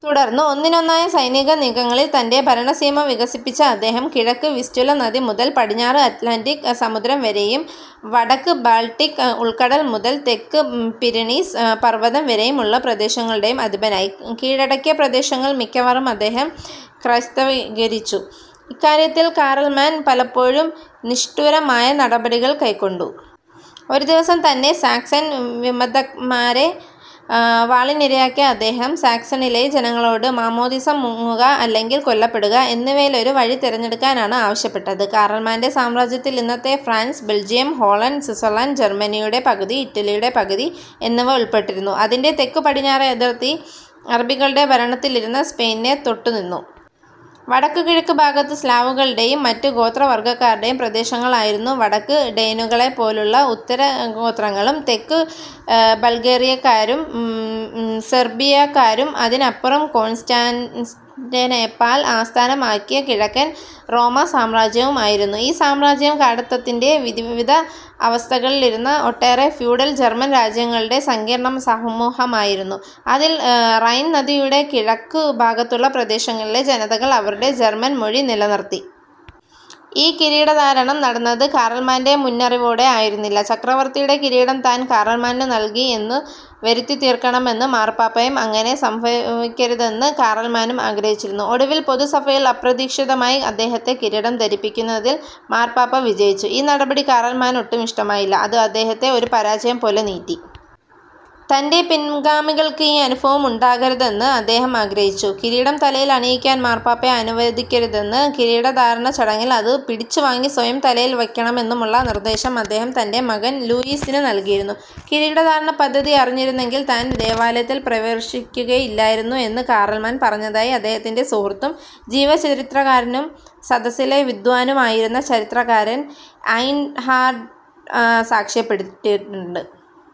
തുടർന്ന് ഒന്നിനൊന്നായ സൈനികനീക്കങ്ങളിൽ തന്റെ ഭരണസീമ വികസിപ്പിച്ച അദ്ദേഹം കിഴക്ക് വിസ്റ്റുല നദി മുതൽ പടിഞ്ഞാറ് അറ്റ്ലാന്റിക് സമുദ്രം വരേയും വടക്ക് ബാൾട്ടിക്ക് ഉൾക്കടൽ മുതൽ തെക്ക് പിരണീസ് പർവതം വരേയും ഉള്ള പ്രദേശങ്ങളുടേയും അധിപനായി. കീഴടക്കിയ പ്രദേശങ്ങൾ മിക്കവയും അദ്ദേഹം ക്രൈസ്തവീകരിച്ചു. ഇക്കാര്യത്തിൽ കാറൽമാൻ പലപ്പോഴും നിഷ്ഠൂരമായ നടപടികൾ കൈക്കൊണ്ടു. ഒരു ദിവസം തന്നെ സാക്സൻ വിമതന്മാരെ വാളിനിരയാക്കിയ അദ്ദേഹം, സാക്സണിയിലെ ജനങ്ങളോട് "മാമ്മോദീസാ മുങ്ങുക അല്ലെങ്കിൽ കൊല്ലപ്പെടുക" എന്നിവയിലൊരു വഴി തെരഞ്ഞെടുക്കാനാണ് ആവശ്യപ്പെട്ടത്. കാറൽമാന്റെ സാമ്രാജ്യത്തിൽ ഇന്നത്തെ ഫ്രാൻസ്, ബെൽജിയം, ഹോളണ്ട്, സ്വിറ്റ്സർലാന്റ്, ജർമ്മനിയുടെ പകുതി, ഇറ്റലിയുടെ പകുതി എന്നിവ ഉൾപ്പെട്ടിരുന്നു. അതിന്റെ തെക്കു പടിഞ്ഞാറേ അതിർത്തി അറബികളുടെ ഭരണത്തിലിരുന്ന സ്പെയിനിനെ തൊട്ടു നിന്നു. വടക്കു കിഴക്കു ഭാഗത്ത് സ്ലാവുകളുടേയും മറ്റു ഗോത്രവർഗ്ഗക്കാരുടേയും പ്രദേശങ്ങളായിരുന്നു; വടക്ക് ഡേനുകളേപ്പോലുള്ള ഉത്തരഗോത്രങ്ങളും, തെക്ക് ബൾഗേറിയാക്കാരും സെർബിയാക്കാരും, അതിനപ്പുറം കോൺസ്റ്റാന്റിനോപ്പിൾ ആസ്ഥാനമാക്കിയ കിഴക്കൻ റോമാസാമ്രാജ്യവും ആയിരുന്നു. ഈ സാമ്രാജ്യം, കാടത്തത്തിന്റെ വിവിധ അവസ്ഥകളിലിരുന്ന ഒട്ടേറെ ഫ്യൂഡൽ ജർമ്മൻ രാജ്യങ്ങളുടെ സങ്കീർണ്ണസമൂഹമായിരുന്നു. അതിൽ റൈൻ നദിയുടെ കിഴക്കു ഭാഗത്തുള്ള പ്രദേശങ്ങളിലെ ജനതകൾ അവരുടെ ജർമ്മൻ മൊഴി നിലനിർത്തി. ഈ കിരീടധാരണം നടന്നത് കാറൽമാന്റെ മുന്നറിവോടെ ആയിരുന്നില്ല. ചക്രവർത്തിയുടെ കിരീടം താൻ കാറൽമാനു നൽകി എന്നു വരുത്തിതീർക്കണമെന്നു മാർപ്പാപ്പയും അങ്ങനെ സംഭവിക്കരുതെന്നു കാറൽമാനും ആഗ്രഹിച്ചിരുന്നു. ഒടുവിൽ പൊതുസഭയിൽ അപ്രതീക്ഷിതമായി അദ്ദേഹത്തെ കിരീടം ധരിപ്പിക്കുന്നതിൽ മാർപ്പാപ്പ വിജയിച്ചു. ഈ നടപടി കാറൽമാന് ഒട്ടും ഇഷ്ടമായില്ല. അത് അദ്ദേഹത്തെ ഒരു പരാജയം പോലെ നീറ്റി. തന്റെ പിൻഗാമികൾക്ക് ഈ അനുഭവം ഉണ്ടാകരുതെന്ന് അദ്ദേഹം ആഗ്രഹിച്ചു. കിരീടം തലയിൽ അണിയിക്കാൻ മാർപ്പാപ്പയെ അനുവദിക്കരുതെന്നും കിരീടധാരണച്ചടങ്ങിൽ അതു പിടിച്ചു വാങ്ങി സ്വയം തലയിൽ വയ്ക്കണമെന്നുമുള്ള നിർദ്ദേശം അദ്ദേഹം തന്റെ മകൻ ലൂയീസിനു നൽകിയിരുന്നു. കിരീടധാരണപദ്ധതി അറിഞ്ഞിരുന്നെങ്കിൽ താൻ ദേവാലയത്തിൽ പ്രവേശിക്കുകയില്ലായിരുന്നു എന്നു കാറൽമാൻ പറഞ്ഞതായി അദ്ദേഹത്തിന്റെ സുഹൃത്തും, ജീവചരിത്രകാരനും സദസ്സിലെ വിദ്വാനുമായിരുന്ന ചരിത്രകാരൻ ഐയ്ൻഹാർഡ് സാക്ഷ്യപ്പെടുത്തിയിട്ടുണ്ട്.